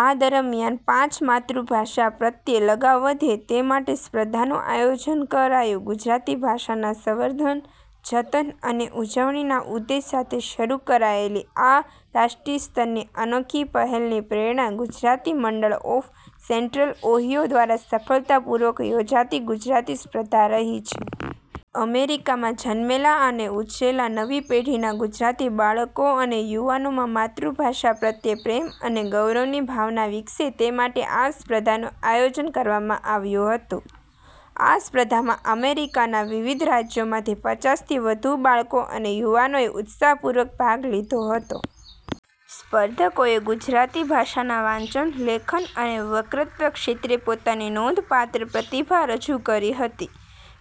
આ દરમિયાન પાંચ માતૃભાષા પ્રત્યે લગાવ વધે તે માટે સ્પર્ધાનું આયોજન કરાયું ગુજરાતી ભાષાના સંવર્ધન, જતન અને ઉજવણીના ઉદ્દેશ સાથે શરૂ કરાયેલી આ રાષ્ટ્રીય સ્તરની અનોખી પહેલની પ્રેરણા ગુજરાતી મંડળ ઓફ સેન્ટ્રલ ઓહીયો દ્વારા સફળતાપૂર્વક યોજાતી ગુજરાતી સ્પર્ધા રહી છે. અમેરિકામાં જન્મેલા અને ઉછરેલા નવી પેઢીના ગુજરાતી બાળકો અને યુવાનોમાં માતૃભાષા પ્રત્યે પ્રેમ અને ગૌરવની ભાવના વિકસે તે માટે આ સ્પર્ધાનું આયોજન કરવામાં આવ્યું હતું. આ સ્પર્ધામાં અમેરિકાના વિવિધ રાજ્યોમાંથી પચાસ થી વધુ બાળકો અને યુવાનોએ ઉત્સાહપૂર્વક ભાગ લીધો હતો. સ્પર્ધકોએ ગુજરાતી ભાષાના વાંચન, લેખન અને વક્તૃત્વ ક્ષેત્રે પોતાની નોંધપાત્ર પ્રતિભા રજૂ કરી હતી.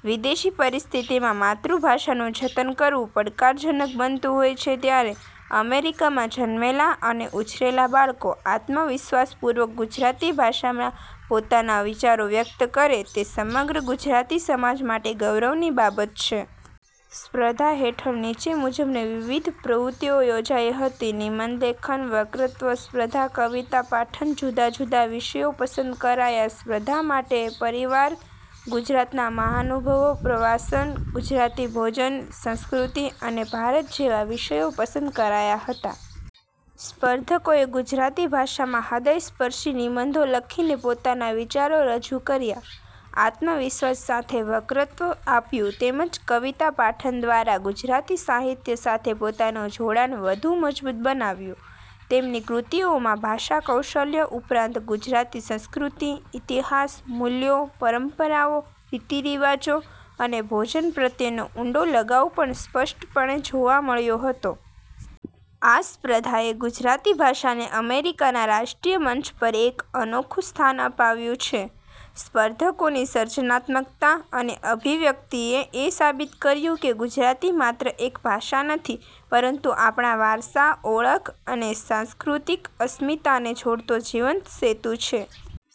વિદેશી પરિસ્થિતિમાં માતૃભાષાનું જતન કરવું પડકારજનક બનતું હોય છે ત્યારે અમેરિકામાં જન્મેલા અને ઉછરેલા બાળકો આત્મવિશ્વાસપૂર્વક ગુજરાતી ભાષામાં પોતાના વિચારો વ્યક્ત કરે તે સમગ્ર ગુજરાતી સમાજ માટે ગૌરવની બાબત છે. સ્પર્ધા હેઠળ નીચે મુજબની વિવિધ પ્રવૃત્તિઓ યોજાઇ હતી નિબંધ લેખન વક્તૃત્વ સ્પર્ધા કવિતા પાઠન જુદા-જુદા વિષયો પસંદ કરાયા સ્પર્ધા માટે પરિવાર, ગુજરાતના મહાનુભાવો, પ્રવાસન, ગુજરાતી ભોજન, સંસ્કૃતિ અને ભારત જેવા વિષયો પસંદ કરાયા હતા. સ્પર્ધકોએ ગુજરાતી ભાષામાં હૃદયસ્પર્શી નિબંધો લખીને પોતાના વિચારો રજૂ કર્યા. આત્મવિશ્વાસ સાથે વક્તૃત્વ આપ્યું તેમજ કવિતા પાઠન દ્વારા ગુજરાતી સાહિત્ય સાથે પોતાનું જોડાણ વધુ મજબૂત બનાવ્યું. તેમની કૃતિઓમાં ભાષાકૌશલ્ય ઉપરાંત ગુજરાતી સંસ્કૃતિ, ઇતિહાસ, મૂલ્યો, પરંપરાઓ, રીત-રિવાજો અને ભોજન પ્રત્યેનો ઊંડો લગાવ પણ સ્પષ્ટપણે જોવા મળ્યો હતો. આ સ્પર્ધાએ ગુજરાતી ભાષાને અમેરિકાના રાષ્ટ્રીય મંચ પર એક અનોખું સ્થાન અપાવ્યું છે. સ્પર્ધકોની સર્જનાત્મકતા અને અભિવ્યક્તિએ એ સાબિત કર્યું કે ગુજરાતી માત્ર એક ભાષા નથી પરંતુ આપણા વારસા, ઓળખ અને સાંસ્કૃતિક અસ્મિતાને જોડતો જીવંત સેતુ છે.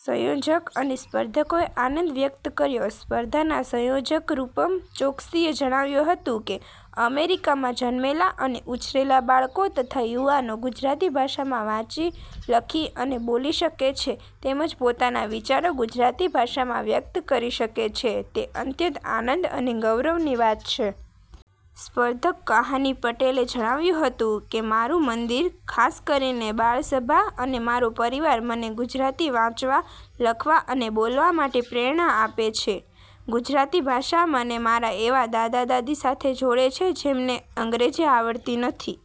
સંયોજક અને સ્પર્ધકોએ આનંદ વ્યક્ત કર્યો સ્પર્ધાના સંયોજક રૂપમ ચોક્સીએ જણાવ્યું હતું કે, અમેરિકામાં જન્મેલા અને ઉછરેલા બાળકો તથા યુવાનો ગુજરાતી ભાષામાં વાંચી, લખી અને બોલી શકે છે તેમજ પોતાના વિચારો ગુજરાતી ભાષામાં વ્યક્ત કરી શકે છે, તે અત્યંત આનંદ અને ગૌરવની વાત છે. સ્પર્ધક કહાની પટેલે જણાવ્યું હતું કે, મારું મંદિર, ખાસ કરીને બાળસભા અને મારો પરિવાર મને ગુજરાતી વાંચવા, લખવા અને બોલવા માટે પ્રેરણા આપે છે. ગુજરાતી ભાષા મને મારા એવા દાદા-દાદી સાથે જોડે છે જેમને અંગ્રેજી આવડતી નથી.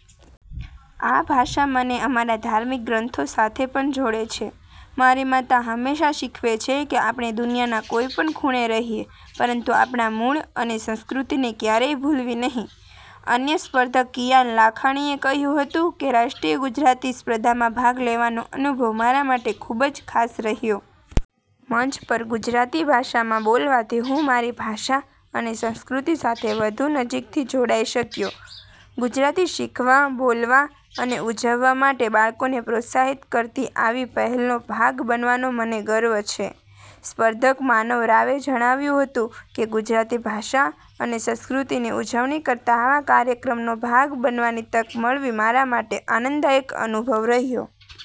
આ ભાષા મને અમારા ધાર્મિક ગ્રંથો સાથે પણ જોડે છે. મારી માતા હંમેશાં શીખવે છે કે આપણે દુનિયાના કોઈપણ ખૂણે રહીએ, પરંતુ આપણા મૂળ અને સંસ્કૃતિને ક્યારેય ભૂલવી નહીં. અન્ય સ્પર્ધક કિયાન લાખાણીએ કહ્યું હતું કે, રાષ્ટ્રીય ગુજરાતી સ્પર્ધામાં ભાગ લેવાનો અનુભવ મારા માટે ખૂબ જ ખાસ રહ્યો. મંચ પર ગુજરાતી ભાષામાં બોલવાથી હું મારી ભાષા અને સંસ્કૃતિ સાથે વધુ નજીકથી જોડાઈ શક્યો. ગુજરાતી શીખવા, બોલવા અને ઉજવવા માટે બાળકોને પ્રોત્સાહિત કરતી આવી પહેલનો ભાગ બનવાનો મને ગર્વ છે. સ્પર્ધક માનવ રાવે જણાવ્યું હતું કે, ગુજરાતી ભાષા અને સંસ્કૃતિની ઉજવણી કરતા આવા કાર્યક્રમનો ભાગ બનવાની તક મળવી મારા માટે આનંદદાયક અનુભવ રહ્યો.